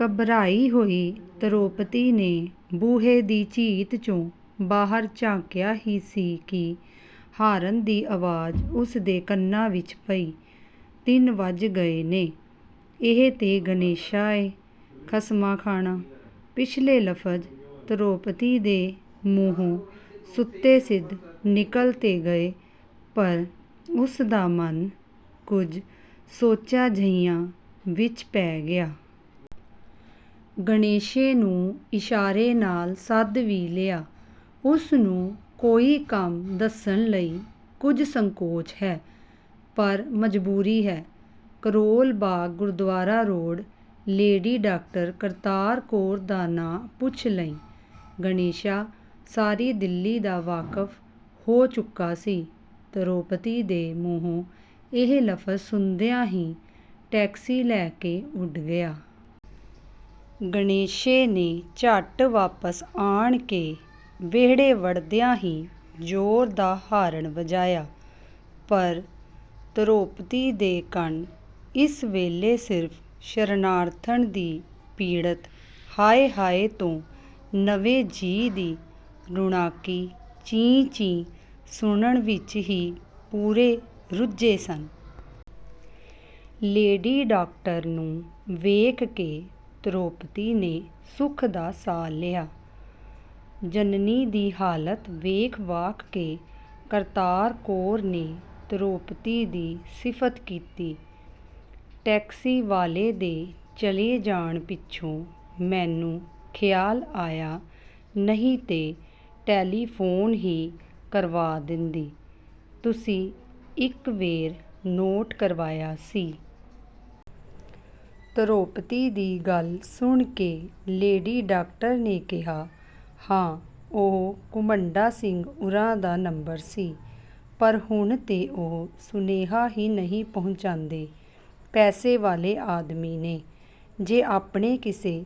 ਘਬਰਾਈ ਹੋਈ ਧਰੋਪਤੀ ਨੇ ਬੂਹੇ ਦੀ ਝੀਤ 'ਚੋਂ ਬਾਹਰ ਝਾਕਿਆ ਹੀ ਸੀ ਕਿ ਹਾਰਨ ਦੀ ਆਵਾਜ਼ ਉਸ ਦੇ ਕੰਨਾਂ ਵਿਚ ਪਈ। ਤਿੰਨ ਵੱਜ ਗਏ ਨੇ? ਇਹ ਤੇ ਗਣੇਸ਼ਾ ਏ, ਖਸਮਾਂ ਖਾਣਾ! ਪਿਛਲੇ ਲਫਜ਼ ਧਰੋਪਤੀ ਦੇ ਮੂੰਹੋਂ ਸੁੱਤੇ ਸਿਧ ਨਿਕਲ ਤੇ ਗਏ, ਪਰ ਉਸ ਦਾ ਮਨ ਕੁਝ ਸੋਚਾਂ ਜਿਹੀਆਂ ਵਿਚ ਪੈ ਗਿਆ। ਗਣੇਸ਼ੇ ਨੂੰ ਇਸ਼ਾਰੇ ਨਾਲ ਸੱਦ ਵੀ ਲਿਆ। ਉਸ ਨੂੰ ਕੋਈ ਕੰਮ ਦੱਸਣ ਲਈ ਕੁਝ ਸੰਕੋਚ ਹੈ, ਪਰ ਮਜਬੂਰੀ ਹੈ। "Karol Bagh Gurdwara road lady doctor Kartar Kaur ਦਾ ਨਾਂ ਪੁੱਛ ਲਈਂ। " ਗਣੇਸ਼ਾ ਸਾਰੀ ਦਿੱਲੀ ਦਾ ਵਾਕਫ ਹੋ ਚੁੱਕਾ ਸੀ, ਧਰੋਪਤੀ ਦੇ ਮੂੰਹੋਂ ਇਹ ਲਫਜ਼ ਸੁਣਦਿਆਂ ਹੀ ਟੈਕਸੀ ਲੈ ਕੇ ਉਡ ਗਿਆ। ਗਣੇਸ਼ੇ ਨੇ ਝਟ ਵਾਪਸ ਆਣ ਕੇ ਵਿਹੜੇ ਵੜਦਿਆਂ ਹੀ ਜ਼ੋਰ ਦਾ ਹਾਰਨ ਵਜਾਇਆ, ਪਰ ਧਰੋਪਤੀ ਦੇ ਕੰਨ ਇਸ ਵੇਲੇ ਸਿਰਫ ਸ਼ਰਨਾਰਥਣ ਦੀ ਪੀੜਤ ਹਾਏ ਹਾਏ ਤੋਂ ਨਵੇਂ ਜੀਅ ਦੀ ਰੁਣਾਕੀ ਚੀਂ-ਚੀਂ ਸੁਣਨ ਵਿਚ ਹੀ ਪੂਰੇ ਰੁੱਝੇ ਸਨ। ਲੇਡੀ ਡਾਕਟਰ ਨੂੰ ਵੇਖ ਕੇ ਧਰੋਪਤੀ ਨੇ ਸੁੱਖ ਦਾ ਸਾਹ ਲਿਆ। ਜਨਨੀ ਦੀ ਹਾਲਤ ਵੇਖ-ਵਾਖ ਕੇ ਕਰਤਾਰ ਕੌਰ ਨੇ ਧਰੋਪਤੀ ਦੀ ਸਿਫਤ ਕੀਤੀ। "ਟੈਕਸੀ ਵਾਲੇ ਦੇ ਚਲੇ ਜਾਣ ਪਿੱਛੋਂ ਮੈਨੂੰ ਖਿਆਲ ਆਇਆ, ਨਹੀਂ ਤੇ ਟੈਲੀਫੋਨ ਹੀ ਕਰਵਾ ਦਿੰਦੀ, ਤੁਸੀਂ ਇਕ ਵੇਰ ਨੋਟ ਕਰਵਾਇਆ ਸੀ। " ਧਰੋਪਤੀ ਦੀ ਗੱਲ ਸੁਣ ਕੇ ਲੇਡੀ ਡਾਕਟਰ ਨੇ ਕਿਹਾ: "ਹਾਂ ਉਹ ਘੁਮੰਡਾ ਸਿੰਘ ਉਰਾਂ ਦਾ ਨੰਬਰ ਸੀ, ਪਰ ਹੁਣ ਤੇ ਉਹ ਸੁਨੇਹਾ ਹੀ ਨਹੀਂ ਪਹੁੰਚਾਉਂਦੇ। ਪੈਸੇ ਵਾਲੇ ਆਦਮੀ ਨੇ, ਜੇ ਆਪਣੇ ਕਿਸੇ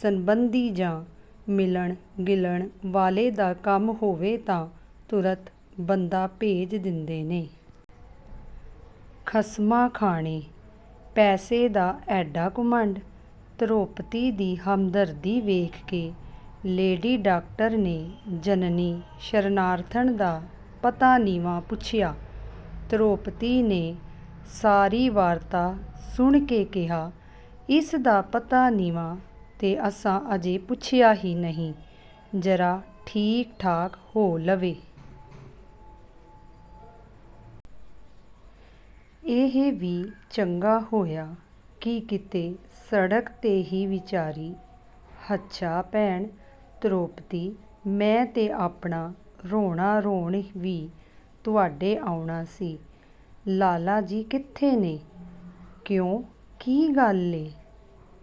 ਸਬੰਧੀ ਜਾਂ ਮਿਲਣ-ਗਿਲਣ ਵਾਲੇ ਦਾ ਕੰਮ ਹੋਵੇ ਤਾਂ ਤੁਰਤ ਬੰਦਾ ਭੇਜ ਦਿੰਦੇ ਨੇ। " "ਖਸਮਾਂ ਖਾਣੇ, ਪੈਸੇ ਦਾ ਐਡਾ ਘੁਮੰਡ! " ਧਰੋਪਤੀ ਦੀ ਹਮਦਰਦੀ ਵੇਖ ਕੇ ਲੇਡੀ ਡਾਕਟਰ ਨੇ ਜਨਨੀ ਸ਼ਰਨਾਰਥਣ ਦਾ ਪਤਾ-ਨਿਵਾਂ ਪੁੱਛਿਆ। ਧਰੋਪਤੀ ਨੇ ਸਾਰੀ ਵਾਰਤਾ ਸੁਣ ਕੇ ਕਿਹਾ, "ਇਸ ਦਾ ਪਤਾ-ਨਿਵਾਂ ਤੇ ਅਸਾਂ ਅਜੇ ਪੁੱਛਿਆ ਹੀ ਨਹੀਂ, ਜ਼ਰਾ ਠੀਕ ਠਾਕ ਹੋ ਲਵੇ। " "ਇਹ ਵੀ ਚੰਗਾ ਹੋਇਆ ਕਿ ਕਿਤੇ ਸੜਕ 'ਤੇ ਹੀ ਵਿਚਾਰੀ। " "ਹੱਛਾ ਭੈਣ ਧਰੋਪਤੀ ਮੈਂ ਤੇ ਆਪਣਾ ਰੋਣਾ ਰੋਣ ਵੀ ਤੁਹਾਡੇ ਆਉਣਾ ਸੀ, ਲਾਲਾ ਜੀ ਕਿੱਥੇ ਨੇ? " "ਕਿਉਂ, ਕੀ ਗੱਲ ਏ?